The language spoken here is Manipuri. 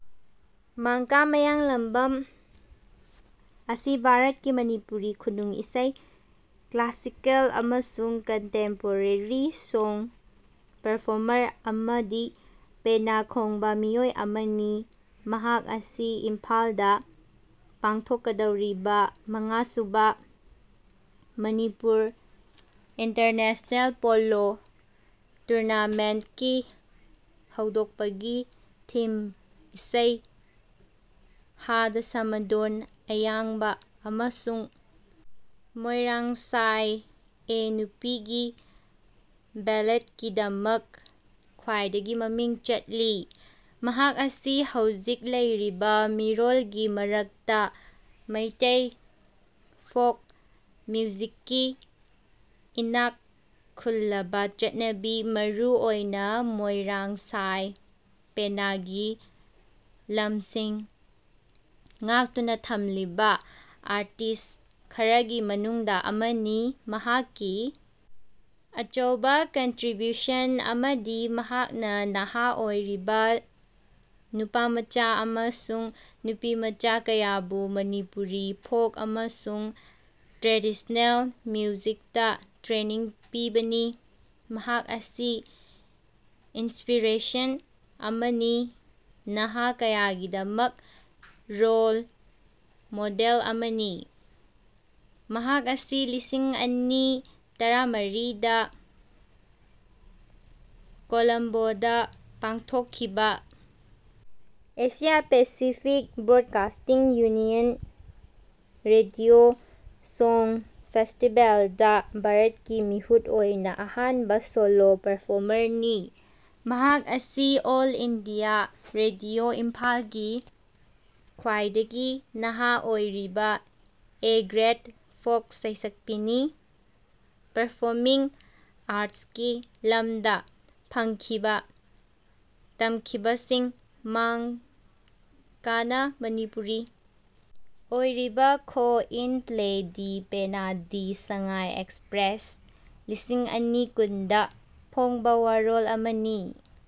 ꯃꯥꯡꯀꯥ ꯃꯥꯌꯥꯡꯂꯝꯕꯥꯝ ꯑꯁꯤ ꯚꯥꯔꯡꯀꯤ ꯃꯅꯤꯄꯨꯔꯤ ꯈꯨꯅꯨꯡ ꯏꯁꯩ ꯀ꯭ꯂꯥꯁꯤꯀꯦꯜ ꯑꯃꯁꯨꯡ ꯀꯟꯇꯦꯝꯄꯣꯔꯦꯔꯤ ꯁꯣꯡ ꯄꯔꯐꯣꯔꯃꯔ ꯑꯃꯗꯤ ꯄꯦꯅꯥ ꯈꯣꯡꯕ ꯃꯤꯑꯣꯏ ꯑꯃꯅꯤ꯫ ꯃꯍꯥꯛ ꯑꯁꯤ ꯏꯝꯐꯥꯜꯗꯥ ꯄꯥꯡꯊꯣꯛꯀꯗꯧꯔꯤꯕꯥ ꯃꯉꯥꯁꯨꯕꯥ ꯃꯅꯤꯄꯨꯔ ꯏꯟꯇꯔꯅꯦꯁ꯭ꯅꯦꯜ ꯄꯣꯂꯣ ꯇꯨꯔꯅꯥꯃꯦꯟꯠꯀꯤ ꯍꯧꯗꯣꯛꯄꯒꯤ ꯊꯤꯝ ꯏꯁꯩ ꯍꯥꯗꯥ ꯁꯃꯥꯗꯣꯟ ꯑꯌꯥꯡꯕꯥ ꯑꯃꯁꯨꯡ ꯃꯣꯏꯔꯥꯡ ꯁꯥꯏ ꯑꯦ ꯅꯨꯄꯤꯒꯤ ꯕꯦꯜꯂꯦꯗꯀꯤꯗꯃꯛ ꯈ꯭ꯋꯥꯏꯗꯒꯤ ꯃꯃꯤꯡ ꯆꯠꯂꯤ꯫ ꯃꯍꯥꯛ ꯑꯁꯤ ꯍꯧꯖꯤꯛ ꯂꯩꯔꯤꯕꯥ ꯃꯤꯔꯣꯜꯒꯤ ꯃꯔꯛꯇꯥ ꯃꯩꯇꯩ ꯐꯣꯛ ꯃ꯭ꯌꯨꯖꯤꯛꯀꯤ ꯏꯅꯥꯛ ꯈꯨꯜꯂꯕꯥ ꯆꯠꯅꯕꯤ ꯃꯔꯨ ꯑꯣꯏꯅꯥ ꯃꯣꯏꯔꯥꯡ ꯁꯥꯏ ꯄꯦꯅꯥꯒꯤ ꯂꯝꯁꯤꯡ ꯉꯥꯛꯇꯨꯅꯥ ꯊꯝꯂꯤꯕꯥ ꯑꯥꯔꯇꯤꯁ꯭ꯠ ꯈꯔꯒꯤ ꯃꯅꯨꯡꯗꯥ ꯑꯃꯅꯤ꯫ ꯃꯍꯥꯛꯀꯤ ꯑꯆꯧꯕ ꯀꯟꯇ꯭ꯔꯤꯕ꯭ꯌꯨꯁꯟ ꯑꯃꯗꯤ ꯃꯍꯥꯛꯅꯥ ꯅꯍꯥ ꯑꯣꯏꯔꯤꯕꯥ ꯅꯨꯄꯥꯃꯆꯥ ꯑꯃꯁꯨꯡ ꯅꯨꯄꯤꯃꯆꯥ ꯀꯌꯥꯕꯨ ꯃꯅꯤꯄꯨꯔꯤ ꯐꯣꯛ ꯑꯃꯁꯨꯡ ꯇ꯭ꯔꯦꯗꯤꯁ꯭ꯅꯦꯜ ꯃ꯭ꯌꯨꯖꯤꯛꯇꯥ ꯇ꯭ꯔꯦꯅꯤꯡ ꯄꯤꯕꯅꯤ꯫ ꯃꯍꯥꯛ ꯑꯁꯤ ꯏꯟꯁꯄꯤꯔꯦꯁꯟ ꯑꯃꯅꯤ ꯅꯍꯥ ꯀꯌꯥꯒꯤꯗꯃꯛ ꯔꯣꯜ ꯃꯣꯗꯦꯜ ꯑꯃꯅꯤ꯫ ꯃꯍꯥꯛ ꯑꯁꯤ ꯂꯤꯁꯤꯡ ꯑꯅꯤ ꯇꯔꯥꯃꯔꯤꯗ ꯀꯣꯂꯝꯕꯣꯗꯥ ꯄꯥꯡꯊꯣꯛꯈꯤꯕꯥ Asia Pacific broadcasting union radio song ꯐꯦꯁꯇꯤꯕꯦꯜꯗꯥ ꯚꯥꯔꯠꯀꯤ ꯃꯤꯍꯨꯠ ꯑꯣꯏꯅꯥ ꯑꯍꯥꯟꯕꯥ ꯁꯣꯂꯣ ꯄꯔꯐꯣꯔꯃꯔꯅꯤ꯫ ꯃꯍꯥꯛ ꯑꯁꯤ ꯑꯣꯜ ꯏꯟꯗꯤꯌꯥ ꯔꯦꯗꯤꯑꯣ ꯏꯝꯐꯥꯜꯒꯤ ꯈ꯭ꯋꯥꯏꯗꯒꯤ ꯅꯍꯥ ꯑꯣꯏꯔꯤꯕꯥ ꯑꯦ ꯒ꯭ꯔꯦꯗ ꯐꯣꯛ ꯁꯩꯁꯛꯄꯤꯅꯤ꯫ ꯄꯔꯐꯣꯃꯤꯡ ꯑꯥꯔꯠꯁꯀꯤ ꯂꯝꯗꯥ ꯐꯪꯈꯤꯕꯥ ꯇꯝꯈꯤꯕꯁꯤꯡ ꯃꯥꯡꯀꯥꯅꯥ ꯃꯅꯤꯄꯨꯔꯤ ꯑꯣꯏꯔꯤꯕꯥ ꯈꯣ ꯏꯟ ꯄ꯭ꯂꯦ ꯗꯤ ꯄꯦꯅꯥ ꯗꯤ ꯁꯉꯥꯏ ꯑꯦꯛꯁꯄ꯭ꯔꯦꯁ ꯂꯤꯁꯤꯡ ꯑꯅꯤ ꯀꯨꯟꯗꯥ ꯐꯣꯡꯕꯥ ꯋꯥꯔꯣꯜ ꯑꯃꯅꯤ꯫